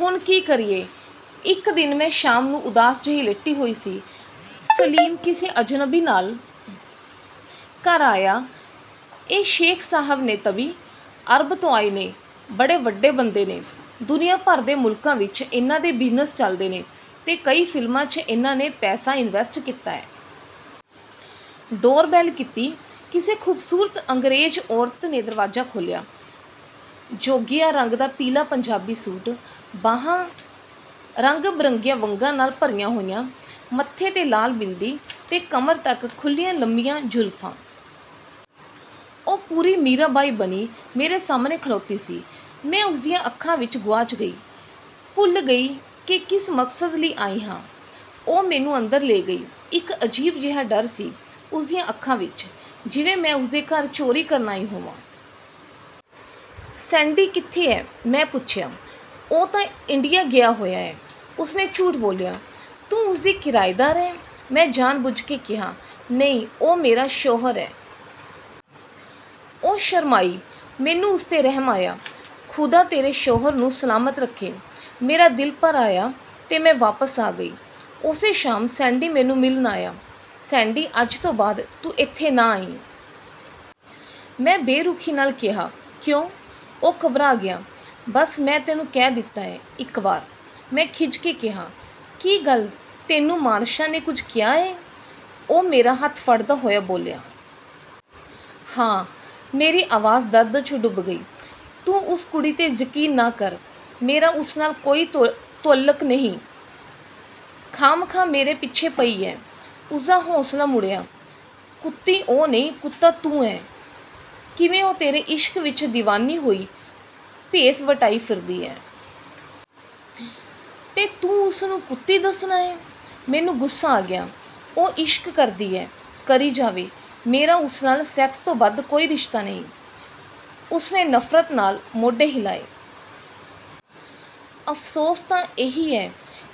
ਹੁਣ ਕੀ ਕਰੀਏ? ਇੱਕ ਦਿਨ ਮੈਂ ਸ਼ਾਮ ਨੂੰ ਉਦਾਸ ਜਿਹੀ ਲੇਟੀ ਹੋਈ ਸੀ, ਸਲੀਮ ਕਿਸੇ ਅਜਨਬੀ ਨਾਲ ਘਰ ਆਇਆ। "ਇਹ ਸ਼ੇਖ ਸਾਹਬ ਨੇ ਤਬੀ। ਅਰਬ ਤੋਂ ਆਏ ਨੇ। ਬੜੇ ਵੱਡੇ ਬੰਦੇ ਨੇ। ਦੁਨੀਆਂ ਭਰ ਦੇ ਮੁਲਕਾਂ ਵਿਚ ਇਨ੍ਹਾਂ ਦੇ ਬਿਜ਼ਨਸ ਚੱਲਦੇ ਨੇ ਤੇ ਕਈ ਫ਼ਿਲਮਾਂ 'ਚ ਇਨ੍ਹਾਂ ਨੇ ਪੈਸਾ ਇਨਵੈਸਟ ਕੀਤਾ ਏ। ਡੋਰ ਬੈੱਲ ਕੀਤੀ। ਕਿਸੇ ਖੂਬਸੂਰਤ ਅੰਗਰੇਜ਼ ਔਰਤ ਨੇ ਦਰਵਾਜ਼ਾ ਖੋਲ੍ਹਿਆ। ਜੋਗੀਆ ਰੰਗ ਦਾ ਪੀਲਾ ਪੰਜਾਬੀ ਸੂਟ, ਬਾਹਾਂ ਰੰਗ ਬਰੰਗੀਆਂ ਵੰਗਾਂ ਨਾਲ ਭਰੀਆਂ ਹੋਈਆਂ, ਮੱਥੇ 'ਤੇ ਲਾਲ ਬਿੰਦੀ ਤੇ ਕਮਰ ਤੱਕ ਖੁੱਲ੍ਹੀਆਂ ਲੰਮੀਆਂ ਜ਼ੁਲਫਾਂ। ਉਹ ਪੂਰੀ 'ਮੀਰਾ ਬਾਈ' ਬਣੀ ਮੇਰੇ ਸਾਹਮਣੇ ਖਲੋਤੀ ਸੀ। ਮੈਂ ਉਸ ਦੀਆਂ ਅੱਖਾਂ ਵਿਚ ਗੁਆਚ ਗਈ। ਭੁੱਲ ਗਈ ਕਿ ਕਿਸ ਮਕਸਦ ਲਈ ਆਈ ਹਾਂ। ਉਹ ਮੈਨੂੰ ਅੰਦਰ ਲੈ ਗਈ। ਇੱਕ ਅਜੀਬ ਜਿਹਾ ਡਰ ਸੀ ਉਸ ਦੀਆਂ ਅੱਖਾਂ ਵਿਚ ਜਿਵੇਂ ਮੈਂ ਉਸ ਦੇ ਘਰ ਚੋਰੀ ਕਰਨ ਆਈ ਹੋਵਾਂ। "ਸੈਂਡੀ ਕਿਥੇ ਏ? " ਮੈਂ ਪੁੱਛਿਆ। "ਉਹ ਤਾਂ ਇੰਡੀਆ ਗਿਆ ਹੋਇਆ ਏ। " ਉਸ ਨੇ ਝੂਠ ਬੋਲਿਆ। "ਤੂੰ ਉਸ ਦੀ ਕਿਰਾਏਦਾਰ ਏਂ? " ਮੈਂ ਜਾਣ ਬੁੱਝ ਕੇ ਕਿਹਾ। "ਨਹੀਂ ਉਹ ਮੇਰਾ ਸ਼ੋਹਰ ਏ। " ਉਹ ਸ਼ਰਮਾਈ। ਮੈਨੂੰ ਉਸ 'ਤੇ ਰਹਿਮ ਆਇਆ। "ਖ਼ੁਦਾ ਤੇਰੇ ਸ਼ੋਹਰ ਨੂੰ ਸਲਾਮਤ ਰੱਖੇ! " ਮੇਰਾ ਦਿਲ ਭਰ ਆਇਆ ਤੇ ਮੈਂ ਵਾਪਸ ਆ ਗਈ। ਉਸੇ ਸ਼ਾਮ ਸੈਂਡੀ ਮੈਨੂੰ ਮਿਲਣ ਆਇਆ। "ਸੈਂਡੀ ਅੱਜ ਤੋਂ ਬਾਅਦ ਤੂੰ ਇਥੇ ਨਾ ਆਈਂ। " ਮੈਂ ਬੇਰੁਖੀ ਨਾਲ ਕਿਹਾ। "ਕਿਉਂ? " ਉਹ ਘਬਰਾ ਗਿਆ। "ਬੱਸ, ਮੈਂ ਤੈਨੂੰ ਕਹਿ ਦਿੱਤਾ ਏ ਇੱਕ ਵਾਰ। " ਮੈਂ ਖਿੱਝ ਕੇ ਕਿਹਾ। "ਕੀ ਗੱਲ ਤੈਨੂੰ ਮਾਰਸ਼ਾ ਨੇ ਕੁਝ ਕਿਹਾ ਏ? " ਉਹ ਮੇਰਾ ਹੱਥ ਫੜਦਾ ਹੋਇਆ ਬੋਲਿਆ। "ਹਾਂ…। " ਮੇਰੀ ਆਵਾਜ਼ ਦਰਦ 'ਚ ਡੁੱਬ ਗਈ। ਤੂੰ ਉਸ ਕੁੱਤੀ 'ਤੇ ਯਕੀਨ ਨਾ ਕਰ। ਮੇਰਾ ਉਸ ਨਾਲ ਕੋਈ ਤੁਅੱਲਕ ਨਹੀਂ। ਖਾਹਮਖਾਹ ਮੇਰੇ ਪਿੱਛੇ ਪਈ ਏ। " ਉਸ ਦਾ ਹੌਸਲਾ ਮੁੜਿਆ। "ਕੁੱਤੀ ਉਹ ਨਹੀਂ, ਕੁੱਤਾ ਤੂੰ ਏਂ… ਕਿਵੇਂ ਉਹ ਤੇਰੇ ਇਸ਼ਕ ਵਿਚ ਦੀਵਾਨੀ ਹੋਈ ਭੇਸ ਵਟਾਈ ਫਿਰਦੀ ਏ। ਤੇ ਤੂੰ ਉਸ ਨੂੰ ਕੁੱਤੀ ਦੱਸਨਾ ਏਂ। " ਮੈਨੂੰ ਗੁੱਸਾ ਆ ਗਿਆ। ਉਹ ਇਸ਼ਕ ਕਰਦੀ ਏ, ਕਰੀ ਜਾਵੇ… ਮੇਰਾ ਉਸ ਨਾਲ ਸੈਕਸ ਤੋਂ ਵੱਧ ਕੋਈ ਰਿਸ਼ਤਾ ਨਹੀਂ। " ਉਸ ਨੇ ਨਫਰਤ ਨਾਲ ਮੋਢੇ ਹਿਲਾਏ। "ਅਫਸੋਸ ਤਾਂ ਇਹੀ ਏ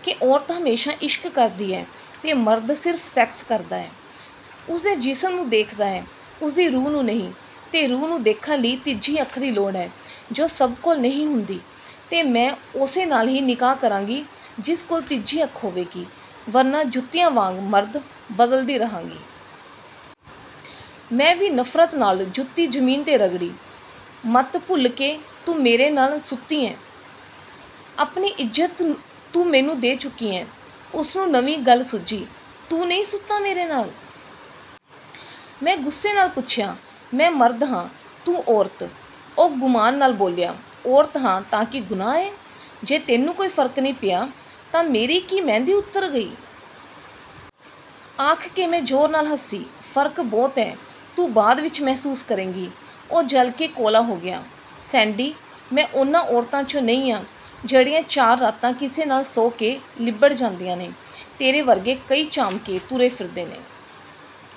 ਕਿ ਔਰਤ ਹਮੇਸ਼ਾ ਇਸ਼ਕ ਕਰਦੀ ਏ ਤੇ ਮਰਦ ਸਿਰਫ ਸੈਕਸ ਕਰਦਾ ਏ। ਉਸ ਦੇ ਜਿਸਮ ਨੂੰ ਦੇਖਦਾ ਏ, ਉਸ ਦੀ ਰੂਹ ਨੂੰ ਨਹੀਂ ਤੇ ਰੂਹ ਨੂੰ ਦੇਖਣ ਲਈ ਤੀਜੀ ਅੱਖ ਦੀ ਲੋੜ ਏ, ਜੋ ਸਭ ਕੋਲ ਨਹੀਂ ਹੁੰਦੀ ਤੇ ਮੈਂ ਉਸੇ ਨਾਲ ਹੀ ਨਿਕਾਹ ਕਰਾਂਗੀ ਜਿਸ ਕੋਲ ਤੀਜੀ ਅੱਖ ਹੋਵੇਗੀ ਵਰਨਾ ਜੁੱਤੀਆਂ ਵਾਂਗ ਮਰਦ ਬਦਲਦੀ ਰਹਾਂਗੀ। " ਮੈਂ ਵੀ ਨਫਰਤ ਨਾਲ ਜੁੱਤੀ ਜ਼ਮੀਨ ਤੇ ਰਗੜੀ। "ਮੱਤ ਭੁੱਲ ਕਿ ਤੂੰ ਮੇਰੇ ਨਾਲ ਸੁੱਤੀ ਏਂ… ਆਪਣੀ ਇੱਜ਼ਤ ਤੂੰ ਮੈਨੂੰ ਦੇ ਚੁੱਕੀ ਏਂ। " ਉਸ ਨੂੰ ਨਵੀਂ ਗੱਲ ਸੁੱਝੀ। "ਤੂੰ ਨਹੀਂ ਸੁੱਤਾ ਮੇਰੇ ਨਾਲ? " ਮੈਂ ਗੁੱਸੇ ਨਾਲ ਪੁੱਛਿਆ। "ਮੈਂ ਮਰਦ ਹਾਂ… ਤੂੰ ਔਰਤ। " ਉਹ ਗੁਮਾਨ ਨਾਲ ਬੋਲਿਆ। "ਔਰਤ ਹਾਂ ਤਾਂ ਕੀ ਗੁਨਾਹ ਏ… ਜੇ ਤੈਨੂੰ ਕੋਈ ਫਰਕ ਨਹੀਂ ਪਿਆ ਤਾਂ ਮੇਰੀ ਕੀ ਮਹਿੰਦੀ ਉਤਰ ਗਈ? " ਆਖ ਕੇ ਮੈਂ ਜ਼ੋਰ ਨਾਲ ਹੱਸੀ। "ਫਰਕ ਬਹੁਤ ਏ ਤੂੰ ਬਾਅਦ ਵਿਚ ਮਹਿਸੂਸ ਕਰੇਂਗੀ। " ਉਹ ਜਲ ਕੇ ਕੋਲਾ ਹੋ ਗਿਆ। "ਸੈਂਡੀ, ਮੈਂ ਉਨ੍ਹਾਂ ਔਰਤਾਂ 'ਚੋਂ ਨਹੀਂ ਹਾਂ ਜਿਹੜੀਆਂ ਚਾਰ ਰਾਤਾਂ ਕਿਸੇ ਨਾਲ ਸੌਂ ਕੇ ਲਿੱਬੜ ਜਾਂਦੀਆਂ ਨੇ। ਤੇਰੇ ਵਰਗੇ ਕਈ ਚਾਮਕੇ ਤੁਰੇ ਫਿਰਦੇ ਨੇ।